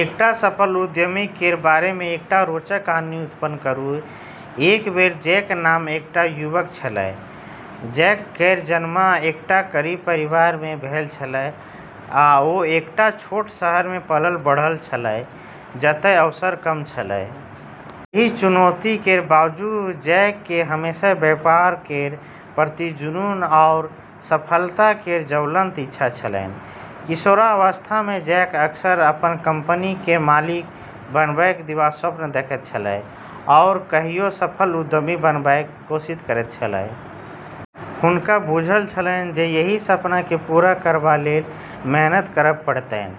एकटा सफल उद्यमी केर बारे मे एकटा रोचक कहानी उत्पन्न करू। एक बेर जैक नामक एकटा युवक छलाह। जैक केर जन्म एकटा गरीब परिवार मे भेल छल आ ओ एकटा छोट शहर मे पलल-बढ़ल छलाह जतय अवसर कम छल। एहि चुनौती केर बावजूद जैक केँ हमेशा व्यापार केर प्रति जुनून आओर सफलता केर ज्वलंत इच्छा छलैन। किशोरावस्था मे जैक अक्सर अपन कंपनी केर मालिक बनबाक दिवास्वप्न देखैत छलाह आओर कहियो सफल उद्यमी बनबाक कोशिश करैत छलाह। हुनका बुझल छलैन जे एहि सपना केँ पूरा करबा लेल मेहनत करब पड़तैन,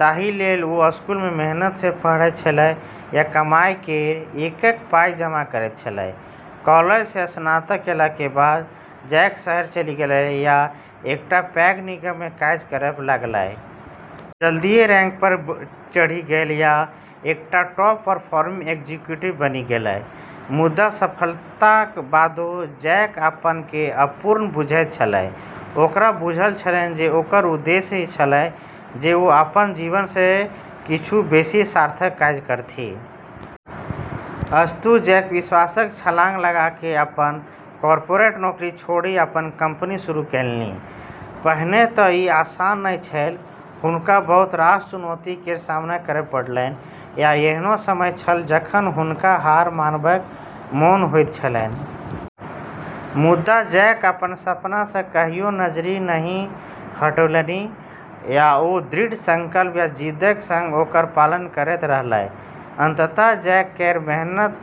ताहि लेल ओ स्कूल मे मेहनत सँ पढ़ैत छलाह आ कमाई केर एक-एक पाइ जमा करैत छलाह। कॉलेज सँ स्नातक केलाक बाद जैक शहर चलि गेलाह आ एकटा पैघ निगम मे काज करब लागलाह। ओ जल्दीए रैंक पर चढ़ि गेलाह आ एकटा टॉप परफॉर्मिंग एग्जीक्यूटिव बनि गेलाह। मुदा, सफलताक बादो जैक अपना केँ अपूर्ण बुझैत छलाह। ओकरा बुझल छलैन जे ओकर उद्देश्य छलैन जे ओ अपन जीवन सँ किछु बेसी सार्थक काज करथि। अस्तु, जैक विश्वासक छलांग लगा कऽ अपन कॉर्पोरेट नौकरी छोड़ि अपन कंपनी शुरू केलनि। पहिने तँ ई आसान नहि छल, हुनका बहुत रास चुनौती केर सामना करब पड़लैन, आ एहनो समय छल जखन हुनका हार मानबाक मोन होइत छलैन। मुदा जैक अपन सपना सँ कहियो नजरि नहि हटौलनि, आ ओ दृढ़ संकल्प आ जिद्दक संग ओकर पालन करैत रहलाह। अंततः जैक केर मेहनत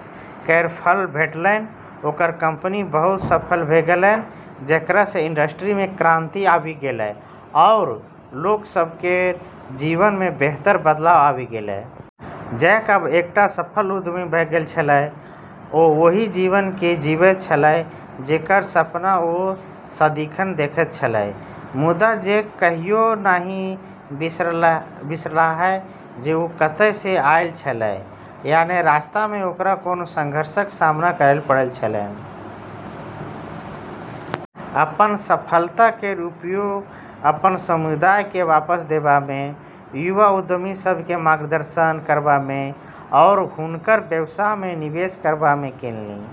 केर फल भेटलैन, ओकर कंपनी बहुत सफल भऽ गेलैन, जेकरा सँ इंडस्ट्री मे क्रांति आबि गेलै आओर लोक सभ केर जीवन मे बेहतर बदलाव आबि गेलै। जैक आब एकटा सफल उद्यमी भऽ गेल छलाह, ओ ओहि जीवन केँ जीबैत छलाह जेकर सपना ओ सदिखन देखैत छलाह। मुदा जैक कहियो नहि बिसरलाह जे ओ कतय सँ आयल छलाह आ ने रस्ता मे ओकरा कोन संघर्षक सामना करब पड़ल छलैन। अपन सफलता केर उपयोग अपन समुदाय केँ वापस देबा मे, युवा उद्यमी सभ केँ मार्गदर्शन करबा मे आओर हुनकर व्यवसाय मे निवेश करबा मे केलनि।